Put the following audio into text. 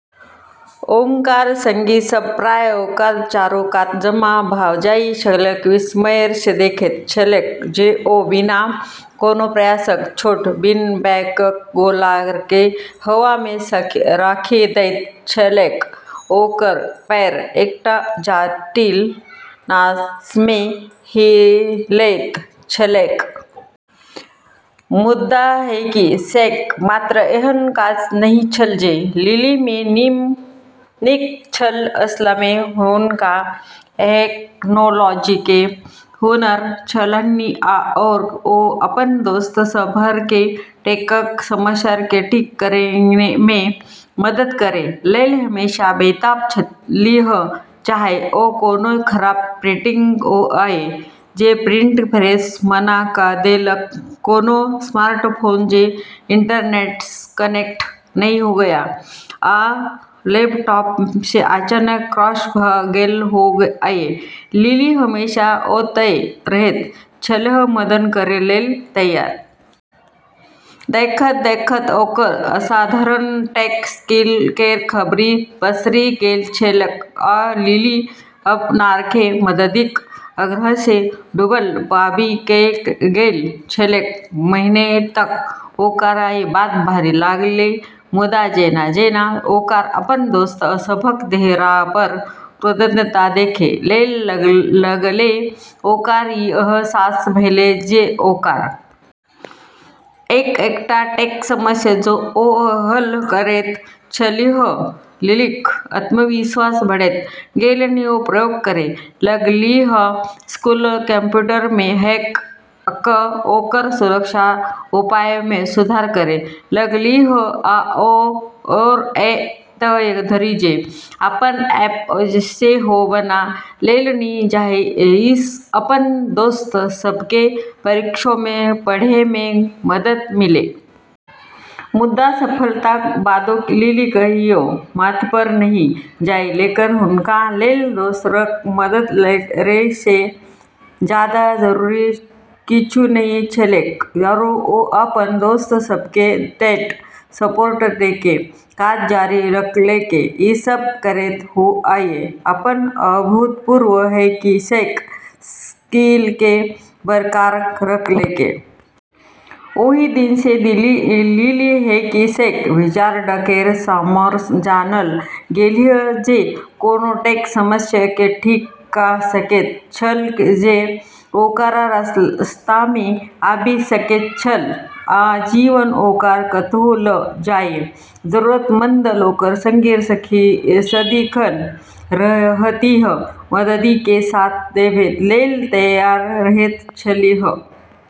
ओकर संगी सभ प्रायः ओकरा चारू कात जमा भऽ जाइत छलैक, विस्मयसँ देखैत छलैक जे ओ बिना कोनो प्रयासक छोट बीनबैगक गोलाकेँ हवामे राखि दैत छलैक, ओकर पैर एकटा जटिल नाचमे हिलैत छलैक। मुदा हैकी-सैक मात्र एहन काज नहि छल जे लिलीमे नीक छल। असलमे हुनका टेक्नोलॉजीके हुनर छलन्हि आओर ओ अपन दोस्त सभकेँ टेकक समस्याकेँ ठीक करैमे मदद करै लेल हमेशा बेताब छलीह। चाहे ओ कोनो खराब प्रिंटर होअए जे प्रिंट करैसँ मना कऽ देलक, कोनो स्मार्टफोन जे इंटरनेटसँ कनेक्ट नहि होअए, वा लैपटॉप जे अचानक क्रैश भऽ गेल होअए, लिली हमेशा ओतए रहैत छलीह, मदद करै लेल तैयार। देखैत-देखैत ओकर असाधारण टेक स्किल केर खबरि पसरि गेल छलैक, आ लिली अपनाकेँ मददिक आग्रहसँ डूबल पाबि गेल छलैक। पहिने तऽ ओकरा ई बात भारी लागलै, मुदा जेना-जेना ओकरा अपन दोस्त सभक चेहरापर कृतज्ञता देखै लेल लगलै, ओकरा ई अहसास भेलै जे ओकरा अपन बुलावा मिलल छै। एक-एकटा टेक समस्या जे ओ हल करैत छलीह, लिलीक आत्मविश्वास बढ़ैत गेलनि। ओ प्रयोग करै लगलीह, स्कूलक कंप्यूटरमे हैक कऽ ओकर सुरक्षा उपायमे सुधार करै लगलीह, आओर एतेक धरि जे अपन ऐप सेहो बना लेलनि जाहिसँ अपन दोस्त सभकेँ परीक्षामे पढ़ैमे मदद मिलै। मुदा सफलताक बादो लिली कहियो माथपर नहि जाइ लेलक। हुनका लेल दोसरक मदद करैसँ जादा जरूरी किछु नहि छलैक, आरू ओ अपन दोस्त सभकेँ टेक सपोर्ट दैके काज जारी रखलकै, ई सब करैत हुअए अपन अभूतपूर्व हैकी-सैक स्किलकेँ बरकरार रखलकै। ओहि दिनसँ लिली 'हैकी-सैक विज़ार्ड' केर नामसँ जानल गेलीह जे कोनो टेक समस्याकेँ ठीक कऽ सकैत छल जे ओकरा रास्तामे आबि सकैत छल। आ जीवन ओकरा कतहु लऽ जाए, जरूरतमंद लोकक संगी सदिखन रहतीह, मददि के हाथ देबै लेल तैयार रहैत छलीह।